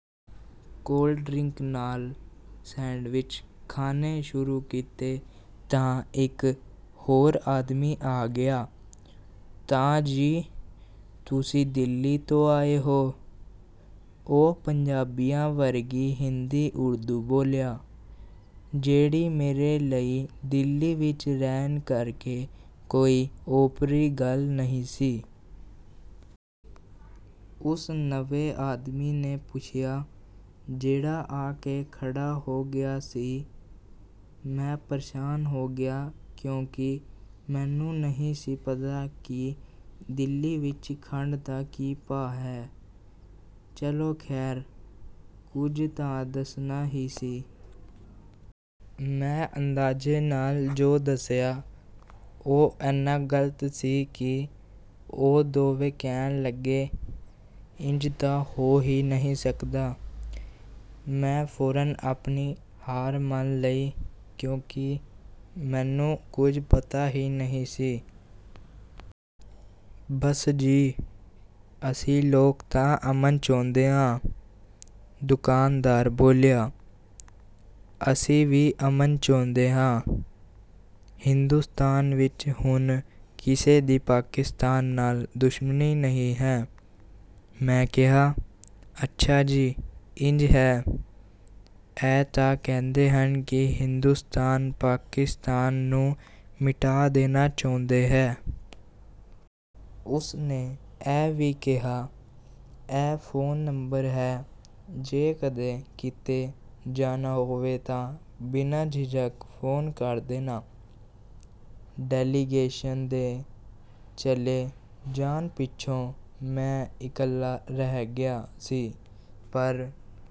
Cold drink ਨਾਲ sandwich ਖਾਣੇ ਸ਼ੁਰੂ ਕੀਤੇ ਤਾਂ ਇੱਕ ਹੋਰ ਆਦਮੀ ਆ ਗਿਆ। "ਤਾਂ ਜੀ, ਤੁਸੀਂ ਦਿੱਲੀ ਤੋਂ ਆਏ ਹੋ?" ਉਹ ਪੰਜਾਬੀਆਂ ਵਰਗੀ ਹਿੰਦੀ-ਉਰਦੂ ਬੋਲਿਆ, ਜਿਹੜੀ ਮੇਰੇ ਲਈ ਦਿੱਲੀ ਵਿੱਚ ਰਹਿਣ ਕਰਕੇ ਕੋਈ ਓਪਰੀ ਗੱਲ ਨਹੀਂ ਸੀ। ਉਸ ਨਵੇਂ ਆਦਮੀ ਨੇ ਪੁੱਛਿਆ ਜਿਹੜਾ ਆ ਕੇ ਖੜ੍ਹਾ ਹੋ ਗਿਆ ਸੀ। ਮੈਂ ਪਰੇਸ਼ਾਨ ਹੋ ਗਿਆ ਕਿਉਂਕਿ ਮੈਨੂੰ ਨਹੀਂ ਸੀ ਪਤਾ ਕਿ ਦਿੱਲੀ ਵਿੱਚ ਖੰਡ ਦਾ ਕੀ ਭਾਅ ਹੈ। ਚਲੋ ਖ਼ੈਰ, ਕੁਝ ਤਾਂ ਦੱਸਣਾ ਹੀ ਸੀ। ਮੈਂ ਅੰਦਾਜ਼ੇ ਨਾਲ ਜੋ ਦੱਸਿਆ, ਉਹ ਇੰਨਾ ਗ਼ਲਤ ਸੀ ਕਿ ਉਹ ਦੋਵੇਂ ਕਹਿਣ ਲੱਗੇ, "ਇੰਜ ਤਾਂ ਹੋ ਹੀ ਨਹੀਂ ਸਕਦਾ।" ਮੈਂ ਫ਼ੌਰਨ ਆਪਣੀ ਹਾਰ ਮੰਨ ਲਈ ਕਿਉਂਕਿ ਮੈਨੂੰ ਕੁਝ ਪਤਾ ਹੀ ਨਹੀਂ ਸੀ। "ਬੱਸ ਜੀ, ਅਸੀਂ ਲੋਕ ਤਾਂ ਅਮਨ ਚਾਹੁੰਦੇ ਹਾਂ," ਦੁਕਾਨਦਾਰ ਬੋਲਿਆ। "ਅਸੀਂ ਵੀ ਅਮਨ ਚਾਹੁੰਦੇ ਹਾਂ... ਹਿੰਦੁਸਤਾਨ ਵਿੱਚ ਹੁਣ ਕਿਸੇ ਦੀ ਪਾਕਿਸਤਾਨ ਨਾਲ ਦੁਸ਼ਮਣੀ ਨਹੀਂ ਹੈ," ਮੈਂ ਕਿਹਾ। "ਅੱਛਾ ਜੀ... ਇੰਜ ਹੈ? ਇਹ ਤਾਂ ਕਹਿੰਦੇ ਹਨ ਕਿ ਹਿੰਦੁਸਤਾਨ ਪਾਕਿਸਤਾਨ ਨੂੰ ਮਿਟਾ ਦੇਣਾ ਚਾਹੁੰਦਾ ਹੈ।" ਉਸ ਨੇ ਇਹ ਵੀ ਕਿਹਾ, "ਇਹ ਫ਼ੋਨ ਨੰਬਰ ਹੈ, ਜੇ ਕਦੇ ਕਿਤੇ ਜਾਣਾ ਹੋਵੇ ਤਾਂ ਬਿਨਾਂ ਝਿਜਕ ਫ਼ੋਨ ਕਰ ਦੇਣਾ।" ਡੈਲੀਗੇਸ਼ਨ ਦੇ ਚਲੇ ਜਾਣ ਪਿੱਛੋਂ ਮੈਂ ਇਕੱਲਾ ਰਹਿ ਗਿਆ ਸੀ, ਪਰ